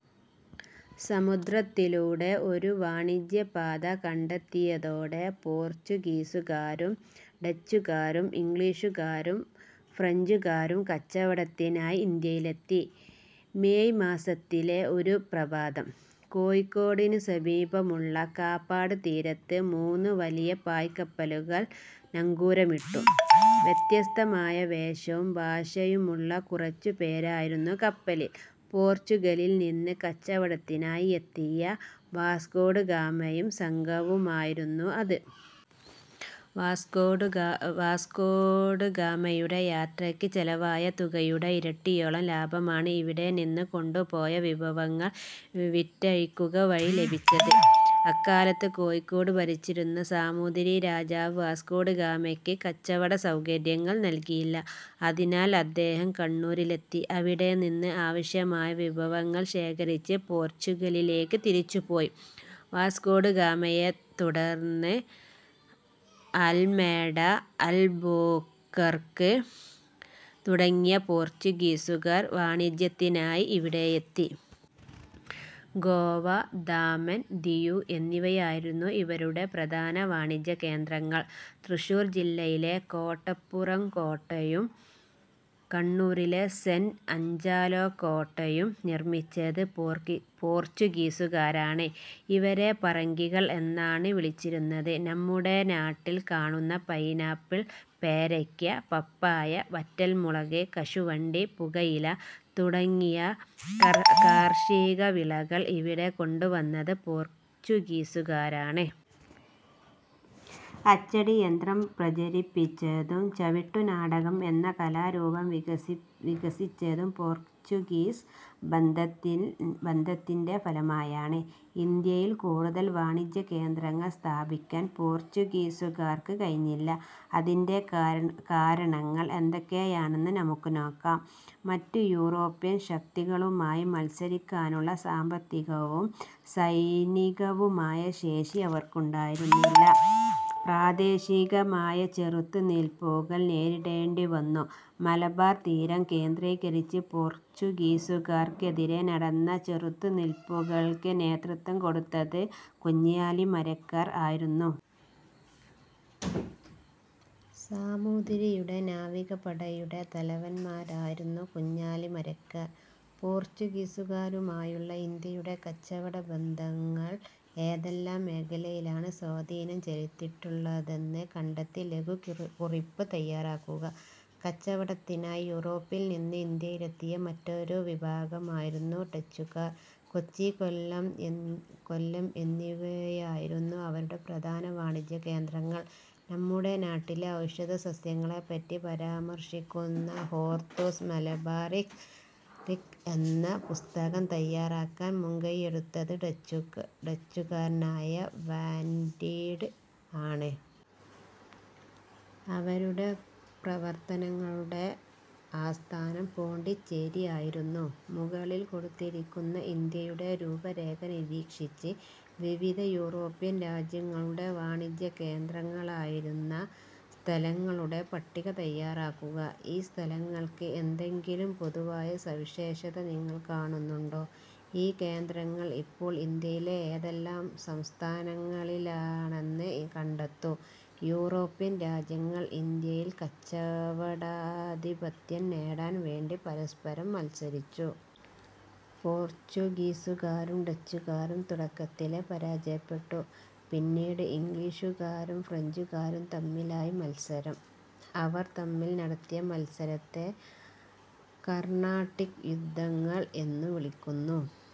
സമുദ്രത്തിലൂടെ ഒരു വാണിജ്യപാത കണ്ടെത്തിയതോടെ പോർച്ചുഗീസുകാരും ഡച്ചുകാരും ഇംഗ്ലീഷുകാരും ഫ്രഞ്ചുകാരും കച്ചവടത്തിനായി ഇന്ത്യയിലെത്തി. മേയ് മാസത്തിലെ ഒരു പ്രഭാതം. കോഴിക്കോടിനു സമീപമുള്ള കാപ്പാട് തീരത്ത് മൂന്ന് വലിയ പായ്ക്കപ്പലുകൾ നങ്കൂരമിട്ടു. വ്യത്യസ്തമായ വേഷവും ഭാഷയുമുള്ള കുറച്ചു പേരായിരുന്നു കപ്പലിൽ. പോർച്ചുഗലിൽ നിന്ന് കച്ചവടത്തിനായി എത്തിയ വാസ്കോഡഗാമയും സംഘവുമായിരുന്നു അത്. വാസ്കോഡഗാമയുടെ യാത്രയ്ക്ക് ചെലവായ തുകയുടെ ഇരട്ടിയോളം ലാഭമാണ് ഇവിടെനിന്ന് കൊണ്ടുപോയ വിഭവങ്ങൾ വിറ്റഴിക്കുക വഴി ലഭിച്ചത്. അക്കാലത്ത് കോഴിക്കോട് ഭരിച്ചിരുന്ന സാമൂതിരി രാജാവ് വാസ്കോഡഗാമയ്ക്ക് കച്ചവടസൗകര്യങ്ങൾ നൽകിയില്ല. അതിനാൽ അദ്ദേഹം കണ്ണൂരിലെത്തി. അവിടെനിന്ന് ആവശ്യമായ വിഭവങ്ങൾ ശേഖരിച്ച് പോർച്ചുഗലിലേക്ക് തിരിച്ചുപോയി. വാസ്കോഡഗാമയെ തുടർന്ന് അൽമേഡ, അൽബുക്കർക്ക് തുടങ്ങിയ പോർച്ചുഗീസുകാർ വാണിജ്യത്തിനായി ഇവിടെയെത്തി. ഗോവ, ദാമൻ, ദിയു എന്നിവയായിരുന്നു ഇവരുടെ പ്രധാന വാണിജ്യകേന്ദ്രങ്ങൾ. തൃശൂർ ജില്ലയിലെ കോട്ടപ്പുറം കോട്ടയും കണ്ണൂരിലെ സെന്റ് ആഞ്ചലോ കോട്ടയും നിർമ്മിച്ചത് പോർച്ചുഗീസുകാരാണ്. ഇവരെ "പറങ്കികൾ" എന്നാണ് വിളിച്ചിരുന്നത്. നമ്മുടെ നാട്ടിൽ കാണുന്ന പൈനാപ്പിൾ, പേരയ്ക്ക, പപ്പായ, വറ്റൽമുളക്, കശുവണ്ടി, പുകയില തുടങ്ങിയ കാർഷിക വിളകൾ ഇവിടെ കൊണ്ടുവന്നത് പോർച്ചുഗീസുകാരാണ്. അച്ചടിയന്ത്രം പ്രചരിച്ചതും ചവിട്ടുനാടകം എന്ന കലാരൂപം വികസിച്ചതും പോർച്ചുഗീസ് ബന്ധത്തിന്റെ ഫലമായാണ്. ഇന്ത്യയിൽ കൂടുതൽ വാണിജ്യകേന്ദ്രങ്ങൾ സ്ഥാപിക്കാൻ പോർച്ചുഗീസുകാർക്ക് കഴിഞ്ഞില്ല. അതിന്റെ കാരണങ്ങൾ എന്തൊക്കെയാണെന്ന് നമുക്ക് നോക്കാം. മറ്റ് യൂറോപ്യൻ ശക്തികളുമായി മത്സരിക്കാനുള്ള സാമ്പത്തികവും സൈനികവുമായ ശേഷി അവർക്കുണ്ടായിരുന്നില്ല. പ്രാദേശികമായ ചെറുത്തു നിൽപ്പുകൾ നേരിടേണ്ടിവന്നു. മലബാർ തീരം കേന്ദ്രീകരിച്ച് പോർച്ചുഗീസുകാർക്കെതിരെ നടന്ന ചെറുത്തുനിൽപ്പുകൾക്ക് നേതൃത്വം കൊടുത്തത് കുഞ്ഞാലിമരയ്ക്കാർമാർ ആയിരുന്നു. സാമൂതിരിയുടെ നാവിക പടയുടെ തലവന്മാരായിരുന്നു കുഞ്ഞാലിമരയ്ക്കാർമാർ. പോർച്ചുഗീസുകാരുമായുള്ള ഇന്ത്യയുടെ കച്ചവടബന്ധങ്ങൾ ഏതെല്ലാം മേഖലയിലാണ് സ്വാധീനം ചെലുത്തിയിട്ടുള്ളതെന്ന് കണ്ടെത്തി ലഘുകുറിപ്പ് തയ്യാറാക്കുക. കച്ചവടത്തിനായി യൂറോപ്പിൽനിന്ന് ഇന്ത്യയിലെത്തിയ മറ്റൊരു വിഭാഗമായിരുന്നു ഡച്ചുകാർ. കൊച്ചി, കൊല്ലം എന്നിവയായിരുന്നു അവരുടെ പ്രധാന വാണിജ്യകേന്ദ്രങ്ങൾ. നമ്മുടെ നാട്ടിലെ ഔഷധസസ്യങ്ങളെപ്പറ്റി പരാമർശിക്കുന്ന ഹോർത്തൂസ് മലബാറിക്കസ് എന്ന പുസ്തകം തയ്യാറാക്കാൻ മുൻകൈയെടുത്തത് ഡച്ചുകാരനായ വാന്റീഡ് ആണ്. അവരുടെ പ്രവർത്തനങ്ങളുടെ ആസ്ഥാനം പോണ്ടിച്ചേരി ആയിരുന്നു. മുകളിൽ കൊടുത്തിരിക്കുന്ന ഇന്ത്യയുടെ രൂപരേഖ നിരീക്ഷിച്ച് വിവിധ യൂറോപ്യൻ രാജ്യങ്ങളുടെ വാണിജ്യകേന്ദ്രങ്ങളായിരുന്ന സ്ഥലങ്ങളുടെ പട്ടിക തയ്യാറാക്കുക. ഈ സ്ഥലങ്ങൾക്ക് എന്തെങ്കിലും പൊതുവായ സവിശേഷത നിങ്ങൾ കാണുന്നുണ്ടോ? ഈ കേന്ദ്രങ്ങൾ ഇപ്പോൾ ഇന്ത്യയിലെ ഏതെല്ലാം സംസ്ഥാനങ്ങളിലാണെന്ന് കണ്ടെത്തു. യൂറോപ്യൻ രാജ്യങ്ങൾ ഇന്ത്യയിൽ കച്ചവടാധിപത്യം നേടാൻ വേണ്ടി പരസ്പരം മത്സരിച്ചു. പോർച്ചുഗീസുകാരും ഡച്ചുകാരും തുടക്കത്തിലേ പരാജയപ്പെട്ടു. പിന്നീട്, ഇംഗ്ലീഷുകാരും ഫ്രഞ്ചുകാരും തമ്മിലായി മത്സരം. അവർ തമ്മിൽ നടത്തിയ മത്സരത്തെ കർണാട്ടിക് യുദ്ധങ്ങൾ എന്നു വിളിക്കുന്നു.